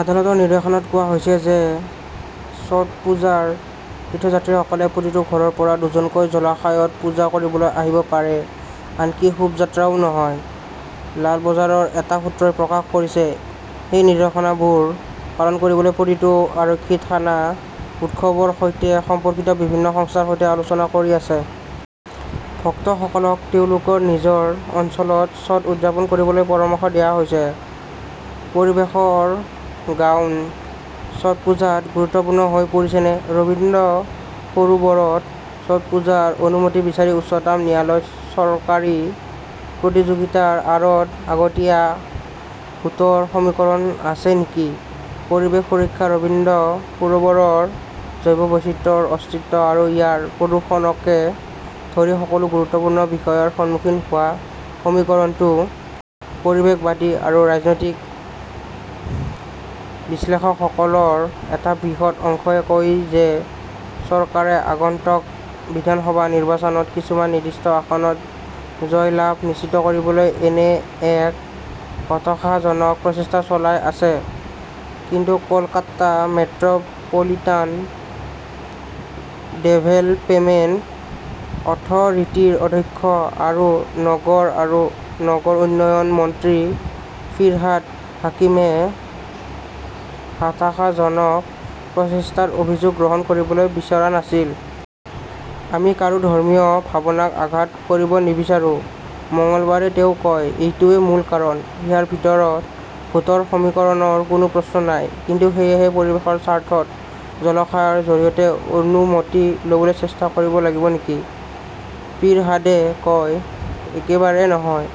আদালতৰ নিৰ্দেশনাত কোৱা হৈছে যে ছটপুজাৰ তীৰ্থযাত্ৰীসকলে প্ৰতিটো ঘৰৰ পৰা দুজনকৈ জলাশয়ত পূজা কৰিবলৈ আহিব পাৰে আনকি শোভাযাত্ৰাও নহয়। লাল বজাৰৰ এটা সূত্ৰই প্ৰকাশ কৰিছে। সেই নিৰ্দেশনাবোৰ পালন কৰিবলৈ প্ৰতিটো আৰক্ষী থানা উৎসৱৰ সৈতে সম্পৰ্কিত বিভিন্ন সংস্থাৰ সৈতে আলোচনা কৰি আছে। ভক্তসকলক তেওঁলোকৰ নিজৰ অঞ্চলত ছট উদযাপন কৰিবলৈ পৰামৰ্শ দিয়া হৈছে। পৰিৱেশৰ গাউন, ছটপুজাত গুৰুত্বপূৰ্ণ হৈ পৰিছেনে? ৰবীন্দ্ৰ সৰোবৰত ছটপুজাৰ অনুমতি বিচাৰি উচ্চতম ন্যায়ালয়ত চৰকাৰী প্ৰতিযোগিতাৰ আঁৰত আগতীয়া ভোটৰ সমীকৰণ আছে নেকি? পৰিৱেশ সুৰক্ষা, ৰবীন্দ্ৰ সৰোবৰৰ জৈৱ -বৈচিত্ৰ্যৰ অস্তিত্ব আৰু ইয়াৰ প্ৰদূষণকে ধৰি সকলো গুৰুত্বপূৰ্ণ বিষয়ৰ সন্মুখীন হোৱা সমীকৰণটো? পৰিৱেশবিদ আৰু ৰাজনৈতিক বিশ্লেষকসকলৰ এটা বৃহৎ অংশই কয় যে চৰকাৰে আগন্তুক বিধানসভা নিৰ্বাচনত কিছুমান নিৰ্দিষ্ট আসনত জয়লাভ নিশ্চিত কৰিবলৈ এনে এক হতাশাজনক প্ৰচেষ্টা চলাই আছে। কিন্তু কলকাতা মেট্ৰ পলিটান ডেভেলপমেণ্ট অথৰিটিৰ অধ্যক্ষ আৰু নগৰ আৰু নগৰ উন্নয়ন মন্ত্ৰী ফিৰহাদ হাকিমে হতাশাজনক প্ৰচেষ্টাৰ অভিযোগ গ্ৰহণ কৰিবলৈ বিচৰা নাছিল। আমি কাৰো ধৰ্মীয় ভাৱনাক আঘাত কৰিব নিবিচাৰো মঙলবাৰে তেওঁ কয়, এইটোৱেই মূল কাৰণ। ইয়াৰ ভিতৰত ভোটৰ সমীকৰণৰ কোনো প্ৰশ্ন নাই। কিন্তু সেয়েহে, পৰিৱেশৰ স্বাৰ্থত জলাশয়ৰ জৰিয়তে অনুমতি ল'বলৈ চেষ্টা কৰিব লাগিব নেকি? ফিৰহাদে কয়, একেবাৰে নহয়,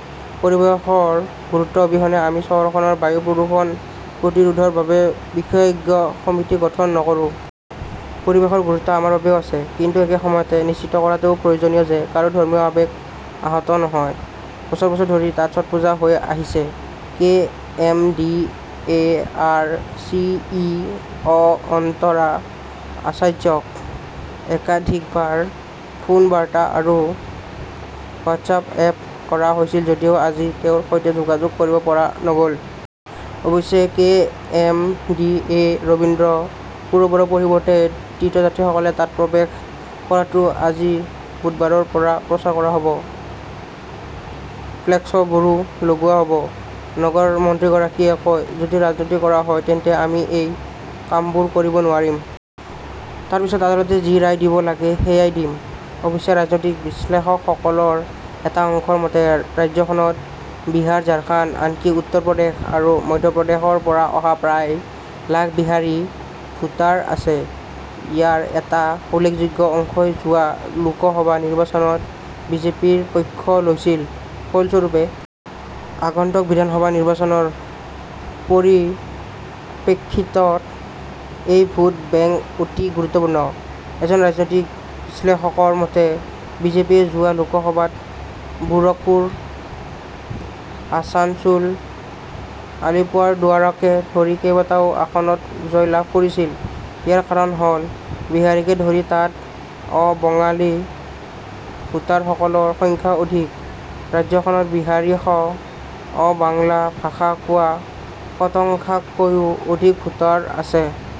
পৰিৱেশৰ গুৰুত্ব অবিহনে আমি চহৰখনৰ বায়ু প্ৰদূষণ প্ৰতিৰোধৰ বাবে বিশেষজ্ঞ সমিতি গঠন নকৰো। পৰিৱেশৰ গুৰুত্ব আমাৰ বাবেও আছে। কিন্তু একে সময়তে নিশ্চিত কৰাটোও প্ৰয়োজনীয় যে কাৰো ধৰ্মীয় আৱেগ আহত নহয়। বছৰ- বছৰ ধৰি তাত ছটপুজা হৈ আহিছে। কে. এম.ডি.এ.ৰ চি.ই. অ অন্তৰা আচাৰ্যক একাধিকবাৰ ফোন বাৰ্তা আৰু হোৱাটছআপ কৰা হৈছিল যদিও আজি তেওঁৰ সৈতে যোগাযোগ কৰিব পৰা নগ 'ল। অৱশ্যে K M D A Rabindra সৰোবৰৰ পৰিৱৰ্তে তীৰ্থযাত্ৰীসকলে তাত প্ৰৱেশ কৰাটো আজি বুধবাৰৰ পৰা প্ৰচাৰ কৰা হ 'ব। ফ্লেক্সবোৰো লগোৱা হ'ব। নগৰ মন্ত্ৰীগৰাকীয়ে কয়, যদি ৰাজনীতি কৰা হয় তেন্তে আমি এই কামবোৰ কৰিব নোৱাৰিম। তাৰ পিছত আদালতে যি ৰায় দিব লাগে সেয়া দিব। অৱশ্যে ৰাজনৈতিক বিশ্লেষকসকলৰ এটা অংশৰ মতে, ৰাজ্যখনত বিহাৰ, ঝাৰখণ্ড, আনকি উত্তৰ প্ৰদেশ আৰু মধ্যপ্ৰদেশৰ পৰা অহা প্ৰায় লাখ বিহাৰী ভোটাৰ আছে। ইয়াৰ এটা উল্লেখযোগ্য অংশই যোৱা লোকসভা নিৰ্বাচনত বিজেপিৰ পক্ষ লৈছিল ।ফলস্বৰূপে আগন্তুক বিধানসভা নিৰ্বাচনৰ পৰিপ্ৰেক্ষিতত এই ভোট বেংক অতি গুৰুত্বপূৰ্ণ। এজন ৰাজনৈতিক বিশ্লেষকৰ মতে, বিজেপিয়ে যোৱা লোকসভাত বেৰাকপুৰ, আছানছোল, আলিপুৰদুৱাৰকে ধৰি কেইবাটাও আসনত জয়লাভ কৰিছিল। ইয়াৰ কাৰণ হ'ল বিহাৰীকে ধৰি তাত অ-বঙালী ভোটাৰসকলৰ সংখ্যা অধিক। ৰাজ্যখনত বিহাৰীসহ অ-বাংলা ভাষা কোৱা শতাংশতকৈও অধিক ভোটাৰ আছে।